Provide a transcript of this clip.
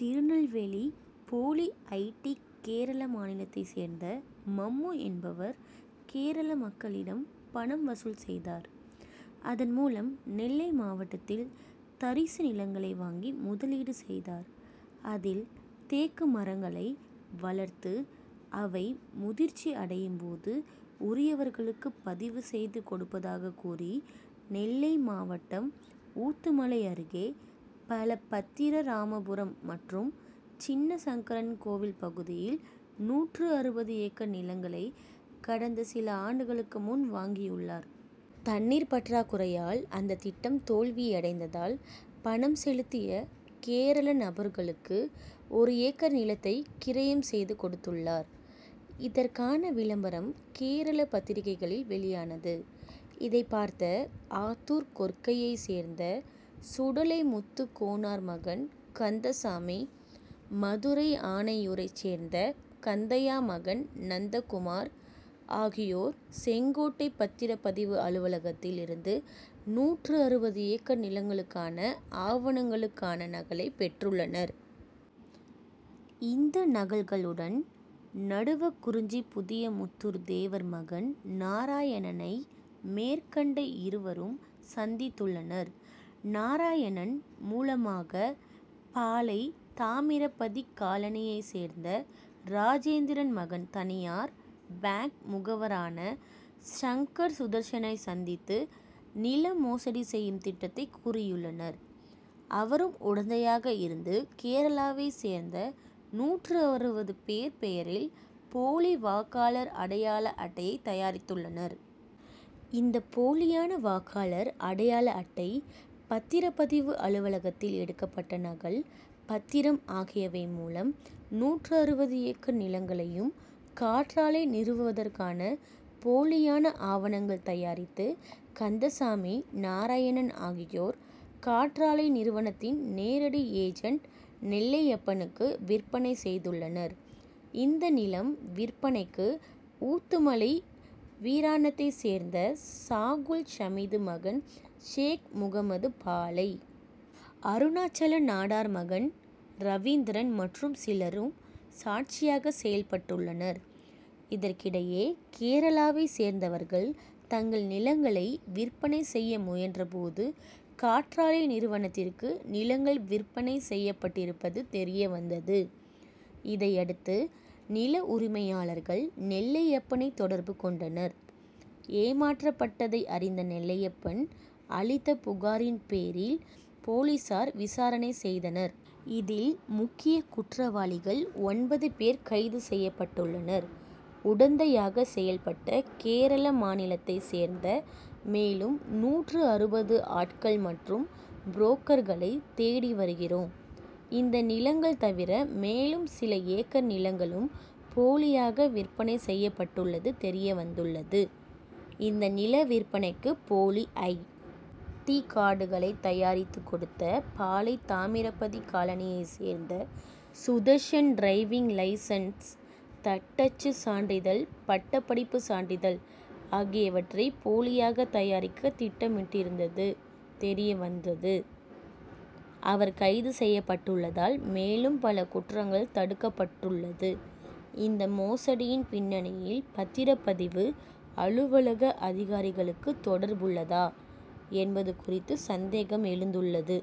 திருநெல்வேலி போலி I. T. Kerala மாநிலத்தை சேர்ந்த மம்மு என்பவர் கேரள மக்களிடம் பணம் வசூல் செய்தார். அதன் மூலம் நெல்லை மாவட்டத்தில் தரிசு நிலங்களை வாங்கி முதலீடு செய்தார். அதில் தேக்கு மரங்களை வளர்த்து அவை முதிர்ச்சி அடையும் போது உரியவர்களுக்கு பதிவு செய்து கொடுப்பதாக கூறி நெல்லை மாவட்டம் ஊத்துமலை அருகே பலபத்திரராமபுரம் மற்றும் சின்னசங்கரன்கோவில் பகுதியில் நூற்று அறுபது ஏக்கர் நிலங்களை கடந்த சில ஆண்டுகளுக்கு முன் வாங்கியுள்ளார். தண்ணீர் பற்றாக்குறையால் அந்த திட்டம் தோல்வியடைந்ததால் பணம் செலுத்திய கேரள நபர்களுக்கு ஒரு ஏக்கர் நிலத்தை கிரையம் செய்து கொடுத்துள்ளார். இதற்கான விளம்பரம் கேரள பத்திரிகைகளில் வெளியானது. இதைப்பார்த்த ஆத்தூர் கொற்கையை சேர்ந்த சுடலைமுத்து கோனார் மகன் கந்தசாமி, மதுரை ஆனையூரைச் சேர்ந்த கந்தையா மகன் நந்தகுமார் ஆகியோர் செங்கோட்டை பத்திரப்பதிவு அலுவலகத்தில் இருந்து நூற்று அறுபது ஏக்கர் நிலங்களுக்கான ஆவணங்களுக்கான நகலை பெற்றுள்ளனர். இந்த நகல்களுடன் நடுவக்குறிச்சி புதியமுத்தூர் தேவர் மகன் நாராயணனை மேற்கண்ட இருவரும் சந்தித்துள்ளனர். நாராயணன் மூலமாக பாளை. தாமிரபதி காலனியை சேர்ந்த ராஜேந்திரன் மகன் தனியார் பாங்க் முகவரான சங்கர் சுதர்ஸனை சந்தித்து, நில மோசடி செய்யும் திட்டத்தை கூறியுள்ளனர். அவரும் உடந்தையாக இருந்து கேரளாவை சேர்ந்த நூற்று அறுபது பேர் பெயரில் போலி வாக்காளர் அடையாள அட்டைகளை தயாரித்துள்ளனர். இந்த போலியான வாக்காளர் அடையாள அட்டை, பத்திரப்பதிவு அலுவலகத்தில் எடுக்கப்பட்ட நகல் பத்திரம் ஆகியவை மூலம் நூற்று அறுபது ஏக்கர் நிலங்களையும் காற்றாலை நிறுவுவதற்காக போலியாக ஆவணங்கள் தயாரித்து கந்தசாமி, நாராயணன் ஆகியோர் காற்றாலை நிறுவனத்தின் நேரடி ஏஜென்ட் நெல்லையப்பனுக்கு விற்பனை செய்துள்ளனர். இந்த நிலம் விற்பனைக்கு ஊத்துமலை வீராணத்தை சேர்ந்த சாகுல் ஷமீது மகன் ஷேக் முகம்மது, பாளை. அருணாசலநாடார் மகன் ரவீந்திரன் மற்றும் சிலரும் சாட்சியாக செயல்பட்டுள்ளனர். இதற்கிடையே கேரளாவை சேர்ந்தவர்கள் தங்கள் நிலங்களை விற்பனை செய்ய முயன்ற போது காற்றாலை நிறுவனத்திற்கு நிலங்கள் விற்பனை செய்யப்பட்டிருப்பது தெரியவந்தது. இதையடுத்து நில உரிமையாளர்கள் நெல்லையப்பனை தொடர்பு கொண்டனர். ஏமாற்றப்பட்டதை அறிந்த நெல்லையப்பன் அளித்த புகாரின் பேரில் போலீசார் விசாரணை செய்தனர். இதில் முக்கிய குற்றவாளிகள் ஒன்பது பேர் கைது செய்யப்பட்டுள்ளனர். உடந்தையாக செயல்பட்ட கேரள மாநிலத்தை சேர்ந்த மேலும் நூற்று அறுபது ஆட்கள் மற்றும் புரோக்கர்களை தேடி வருகிறோம். இந்த நிலங்கள் தவிர மேலும் சில ஏக்கர் நிலங்களும் போலியாக விற்பனை செய்யப்பட்டுள்ளது தெரியவந்துள்ளது. இந்த நில விற்பனைக்கு போலி ஐ. டி. கார்டுகளை தயாரித்து கொடுத்த பாளை. தாமிரபதி காலனியை சேர்ந்த சுதர்ஸன் டிரைவிங் லைசென்ஸ், தட்டச்சு சான்றிதழ், பட்டப்படிப்பு சான்றிதழ் ஆகியவற்றை போலியாக தயாரிக்க திட்டமிட்டிருந்தது தெரியவந்தது. அவர் கைது செய்யப்பட்டுள்ளதால் மேலும் பல குற்றங்கள் தடுக்கப்பட்டுள்ளது. இந்த மோசடியின் பின்னணியில் பத்திரப்பதிவு அலுவலக அதிகாரிகளுக்கு தொடர்புள்ளதா என்பது குறித்து சந்தேகம் எழுந்துள்ளது.